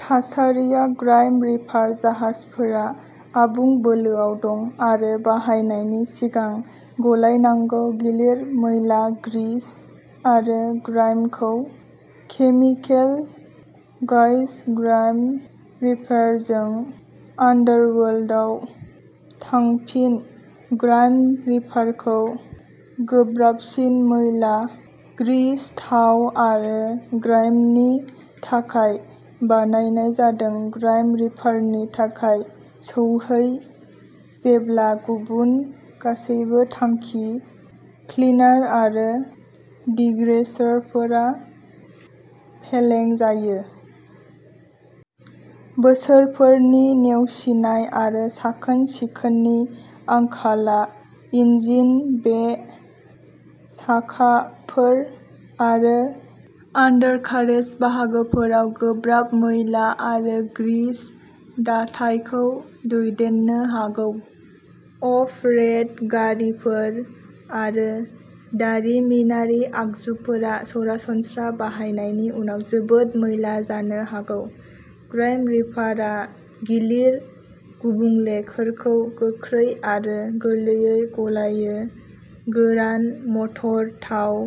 थासारि ग्राइम रिपार जाहाजफोरा आबुं बोलोआव दं आरो बाहायनायनि सिगां गलायनांगौ गिलिर मैला ग्रीस आरो ग्राइमखौ केमिकेल गाइज ग्राइम रिपारजों आन्डारवर्ल्डआव थांफिन ग्राइम रिपारखौ गोब्राबसिन मैला ग्रीस थाव आरो ग्राइमनि थाखाय बानायनाय जादों ग्राइम रिपारनि थाखाय सौहै जेब्ला गुबुन गासैबो थांखि क्लिनार आरो डिग्रेसारफोरा फेलें जायो। बोसोरफोरनि नेवसिनाय आरो साखोन सिखोननि आंखालआ इन्जिन बे साखाफोर आरो आन्डारकारेज बाहागोफोराव गोब्राब मैला आरो ग्रीस दाथायखौ दैदेननो हागौ। अफ र'ड गारिफोर आरो दारिमिनारि आगजुफोरा सरासनस्रा बाहायनायनि उनाव जोबोद मैला जानो हागौ। ग्राइम रिपारआ गिलिर गुबुंलेफोरखौ गोख्रै आरो गोरलैयै गलायो गोरान मटर थाव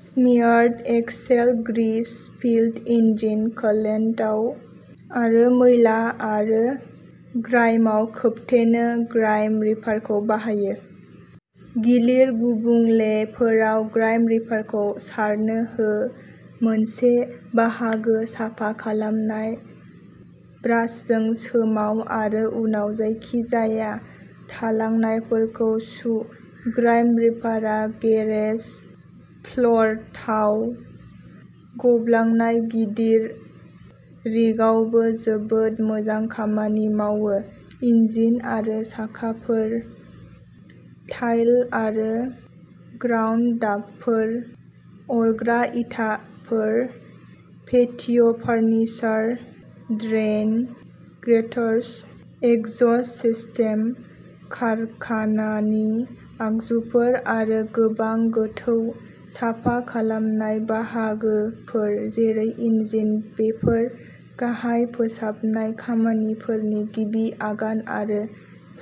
smeared axle grease spilled engine coolant आरो मैला आरो ग्राइमाव खोबथेनो ग्राइम रिपारखौ बाहाय। गिलिर गुबुंलेफोराव ग्राइम रिपारखौ सारना हो मोनसे बाहागो साफा खालामनाय ब्रासजों सोमाव आरो उनाव जायखिजाया थालांनायफोरखौ सु ग्राइम रिपारआ गेरेज फ्ल'र थाव गब्लंनाय गिदिर रिगआवबो जोबोद मोजां खामानि मावो इन्जिन आरो साखाफोर टाइल आरो ग्राउट दागफोर अरग्रा इटफोर पेटिय'फार्निसार ड्रेइन ग्रेट्स एग्जास्ट सिस्टेम कारखानानि आगजुफोर आरो गोबां गोथौ साफा खालामनाय बाहागोफोर जेरै इन्जिन बेफोर गाहाय फोसाबनाय खामानिफोरनि गिबि आगान आरो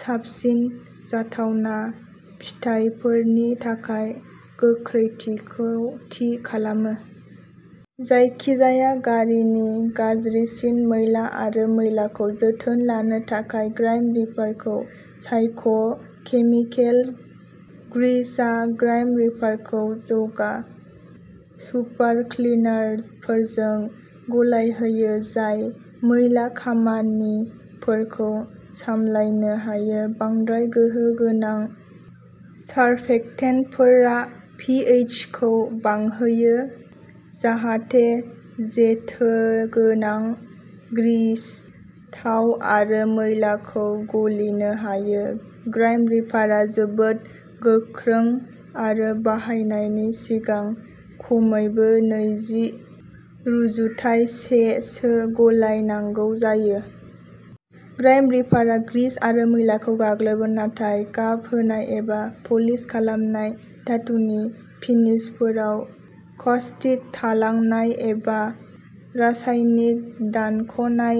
साबसिन जाथावना फिथायफोरनि थाखाय गोख्रैथिखौ थि खालामो। जायखिजाया गारिनि गाज्रिसिन मैला आरो मैलाखौ जोथोन लानो थाखाय ग्राइम रिपारखौ सायख' केमिकेल गाइजआ ग्राइम रिपारखौ जौगा सुपार क्लिनारफोरजों गलायहोयो जाय मैला खामानिफोरखौ सामलायनो हायो बांद्राय गोहो गोनां सार्फेक्टेन्टफोरा पिएचखौ बांहोयो जाहाथे जेथोगोनां ग्रीस थाव आरो मैलाखौ गलिनो हायो ग्राइम रिपारआ जोबोद गोख्रों आरो बाहायनायनि सिगां खमैबो नैजि रुजुथाइ से सो गलायनांगौ जायो। ग्राइम रिपारआ ग्रीस आरो मैलाखौ गाग्लोबो नाथाय गाब होनाय एबा पालिश खालामनाय धातुनि फिनिशफोराव कास्टिक थालांनाय एबा रासायनिक दानख'नाय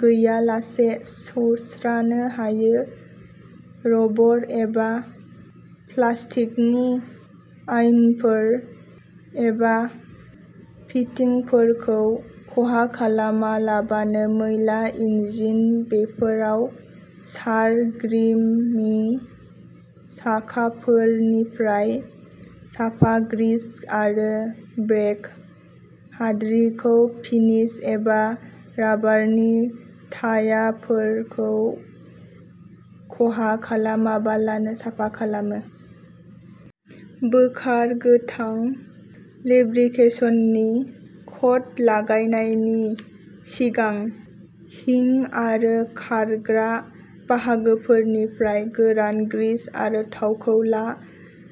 गैयालासे सुस्रानो हायो रबर एबा प्लास्टिकनि लाइनफोर एबा फिटिंफोरखौ खहा खालामालाबानो मैला इन्जिन बेफोराव सार ग्रिमि साखाफोरनिफ्राय साफा ग्रीस आरो ब्रेक हाद्रिखौ फिनिश एबा राबारनि टायारफोरखौ खहा खालामालाबानो साफा खालाम। बोखार गोथां लेब्रिकेशननि कट लागायनायनि सिगां हिंग आरो खारग्रा बाहागोफोरनिफ्राय गोरान ग्रीस आरो थावखौ ला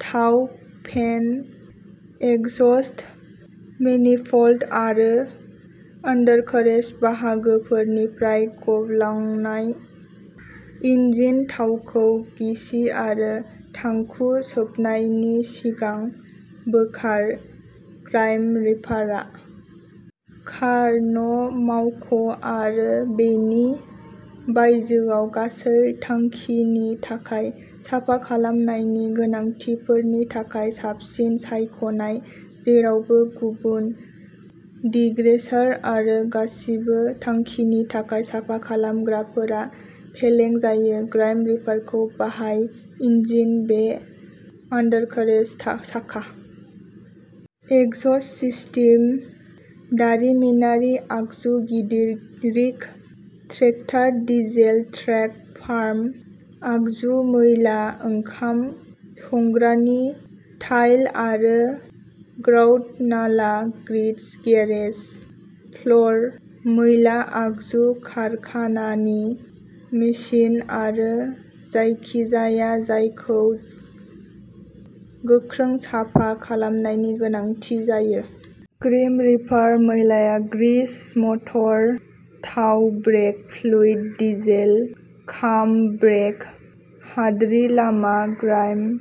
थाव पेन एग्जास्ट मैनिफोल्ड आरो आन्डारकारेज बाहागोफोरनिफ्राय गब्लंनाय इन्जिन थावखौ गिसि आरो थांखु सोबनायनि सिगां बोखार ग्राइम रिपारआ कार न मावख' आरो बेनि बायजोआव गासै थांखिनि थाखाय साफा खालामनायनि गोनांथिफोरनि थाखाय साबसिन सायख'नाय जेरावबो गुबुन डिग्रेसार आरो गासिबो थांखिनि थाखाय साफा खालामग्राफोरा फेलें जायो ग्राइम रिपारखौ बाहाय इन्जिन बे आन्डारकारेज साखा एग्जास्ट सिस्टेम दारिमिनारि आगजु गिदिर rig tractor diesel truck farm आगजु मैला ओंखाम संग्रानि टाइल आरो ग्राउट नाला ग्रेट्स गेरेज फ्ल'र मैला आगजु कारखानानि मेसिन आरो जायखिजाया जायखौ गोख्रों साफा खालामनायनि गोनांथि जायो ग्राइम रिपारआ मैला ग्रीस मटर थाव ब्रेक फ्लुइड डिजेल खाम ब्रेक हाद्रि रेल हाद्रि लामा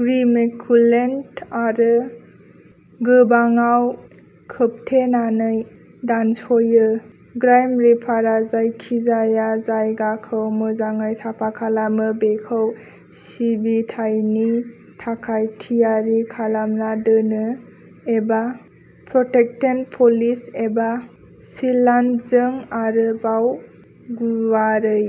ग्रिमे कुलेन्ट आरो गोबांआव खोबथेनानै दानस'यो ग्राइम रिपारआ जायखिजाया जायगाखौ मोजाङै साफा खालामो बेखौ सिबिथायनि थाखाय थियारि खालामना दोनो एबा प्रटेक्टेन्ट पलिश एबा सिलान्टजों आरोबाव गुवारै